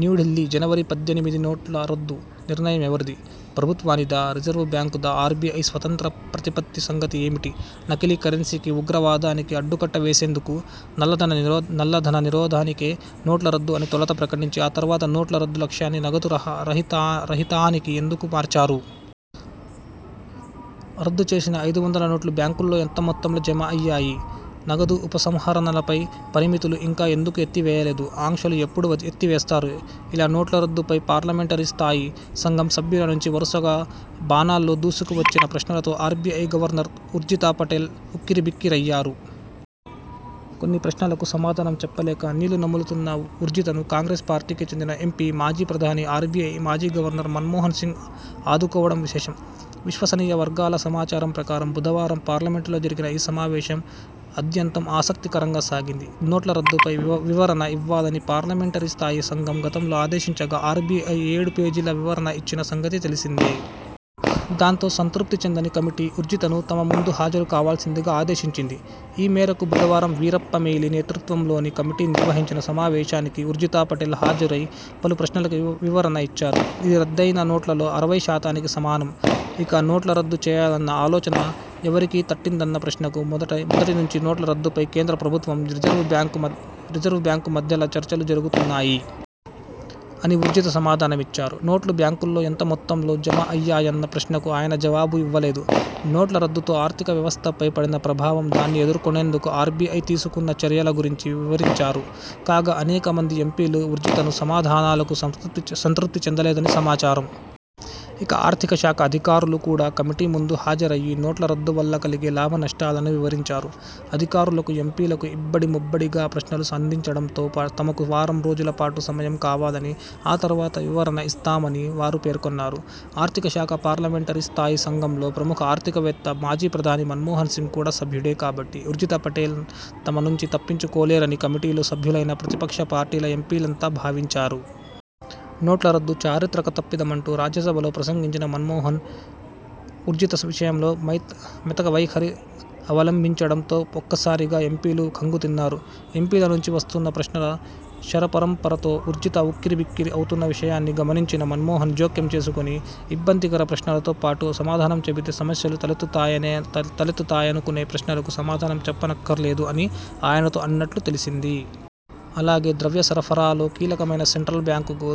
న్యూఢిల్లీ, జనవరి పద్దెనిమిది నోట్ల రద్దు నిర్ణయం ఎవరిది? ప్రభుత్వానిదా? రిజర్వుబ్యాంకుదా? ఆర్బీఐ స్వతంత్ర ప్రతిపత్తి సంగతి ఏమిటి? నకిలీ కరెన్సీకి, ఉగ్రవాదానికి అడ్డుకట్ట వేసేందుకు, నల్లధన నిరోధానికే నోట్ల రద్దు అని తొలుత ప్రకటించి ఆ తర్వాత నోట్ల రద్దు లక్ష్యాన్ని నగదు రహితానికి ఎందుకు మార్చారు? రద్దు చేసిన ఐదు వందల నోట్లు బ్యాంకుల్లో ఎంత మొత్తంలో జమయ్యాయి? నగదు ఉపసంహరణలపై పరిమితులు ఇంకా ఎందుకు ఎత్తి వేయలేదు? ఆంక్షలు ఎప్పుడు ఎత్తివేస్తారు? ఇలా నోట్ల రద్దు పై పార్లమెంటరీ స్థాయీ సంఘం సభ్యుల నుంచి వరుసగా బాణాల్లా దూసుకొచ్చిన ప్రశ్నలతో ఆర్బీఐ గవర్నర్ ఉర్జిత పటేల్ ఉక్కిరిబిక్కిరయ్యారు. కొన్ని ప్రశ్నలకు సమాధానం చెప్పలేక నీళ్లు నములుతున్న ఉర్జితను కాంగ్రెస్ పార్టీకే చెందిన ఎంపీ, మాజీ ప్రధాని, ఆర్బీఐ మాజీ గవర్నర్ మన్మోహన్ సింగ్ ఆదుకోవడం విశేషం! విశ్వసనీయ వర్గాల సమాచారం ప్రకారం బుధవారం పార్లమెంటులో జరిగిన ఈ సమావేశం ఆద్యంతం ఆసక్తికరంగా సాగింది. నోట్ల రద్దుపై వివరణ ఇవ్వాలని పార్లమెంటరీ స్థాయీ సంఘం గతంలో ఆదేశించగా ఆర్బీఐ ఏడు పేజీల వివరణ ఇచ్చిన సంగతి తెలిసిందే. దాంతో సంతృప్తి చెందని కమిటీ ఉర్జితను తమ ముందు హాజరు కావాల్సిందిగా ఆదేశించింది. ఈమేరకు బుధవారం వీరప్ప మొయిలీ నేతృత్వంలోని కమిటీ నిర్వహించిన సమావేశానికి ఉర్జిత పటేల్ హాజరై పలు ప్రశ్నలకు వివరణ ఇచ్చారు. ఇది రద్దయిన నోట్లలో అరవై శాతానికి సమానం. ఇక, నోట్ల రద్దు చేయాలన్న ఆలోచన ఎవరికి తట్టిందన్న ప్రశ్నకు '' మొదటి నుంచి నోట్ల రద్దుపై కేంద్ర ప్రభుత్వం, రిజర్వు బ్యాంకు మధ్యల చర్చలు జరుగుతున్నాయి. '' అని ఉర్జిత సమాధానమిచ్చారు. నోట్లు బ్యాంకుల్లో ఎంత మొత్తంలో జమయ్యాయన్న ప్రశ్నకు ఆయన జవాబు ఇవ్వలేదు. నోట్ల రద్దుతో ఆర్థిక వ్యవస్థపై పడిన ప్రభావం, దాన్ని ఎదుర్కొనేందుకు ఆర్బీఐ తీసుకున్న చర్యల గురించి వివరించారు. కాగా అనేక మంది ఎంపీలు ఉర్జిత సమాధానాలకు సంతృప్తి చెందలేదని సమాచారం. ఇక ఆర్థిక శాఖ అధికారులు కూడా కమిటీ ముందు హాజరయ్యి నోట్ల రద్దు వల్ల కలిగే లాభనష్టాలను వివరించారు. అధికారులకు ఎంపీలు ఇబ్బడి ముబ్బడిగా ప్రశ్నలు సంధించడంతో తమకు వారం రోజుల పాటు సమయం కావాలని, ఆ తర్వాత వివరణ ఇస్తామని వారు పేర్కొన్నారు. ఆర్థిక శాఖ పార్లమెంటరీ స్థాయీ సంఘంలో ప్రముఖ ఆర్థిక వేత్త, మాజీ ప్రధాని మన్మోహన్ సింగ్ కూడా సభ్యుడే కాబట్టి ఉర్జిత పటేల్ తమ నుంచి తప్పించుకోలేరని కమిటీలో సభ్యులైన ప్రతిపక్ష పార్టీల ఎంపీలంతా భావించారు. నోట్ల రద్దు చారిత్రక తప్పిదమంటూ రాజ్యసభలో ప్రసంగించిన మన్మోహన్ ఉ ర్జిత విషయంలో మెతక వైఖరి అవలంభించడంతో ఒక్కసారిగా ఎంపీలు ఖంగుతిన్నారు. ఎంపీల నుంచి వస్తున్న ప్రశ్నల శరపరంపరతో ఉర్జిత ఉక్కిరిబిక్కిరి అవుతున్న విషయాన్ని గమనించిన మన్మోహన్ జోక్యం చేసుకొని ''ఇబ్బందికర ప్రశ్నలతో పాటు సమాధానం చెబితే సమస్యలు తలెత్తుతాయనుకునే ప్రశ్నలకు సమాధానం చెప్పనక్కరలేదు '' అని ఆయనతో అన్నట్లు తెలిసింది. అలాగే ద్రవ్యసరఫరాలో కీలకమైన సెంట్రల్ బ్యాంకుకు,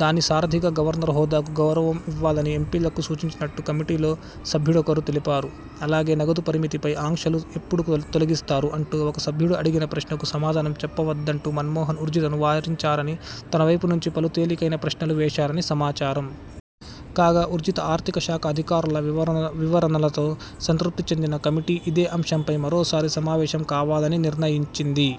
దాని సారథిగా గవర్నర్ హోదాకు గౌరవం ఇవ్వాలని ఎంపీలకు సూచించినట్టు కమిటీలోని సభ్యుడొకరు తెలిపారు. అలాగే 'నగదు పరిమితిపై ఆంక్షలు ఎప్పుడు తొలగిస్తారు' అంటూ ఒక సభ్యుడు అడిగిన ప్రశ్నకు సమాధానం చెప్పవద్దంటూ మన్మోహన్ ఉర్జితను వారించారని తనవైపు నుంచి పలు తేలికైన ప్రశ్నలు వేశారని సమాచారం. కాగా ఉర్జిత, ఆర్థిక శాఖ అధికారుల వివరణలతో సంతృప్తి చెందని కమిటీ ఇదే అంశంపై మరోసారి సమావేశం కావాలని నిర్ణయించింది.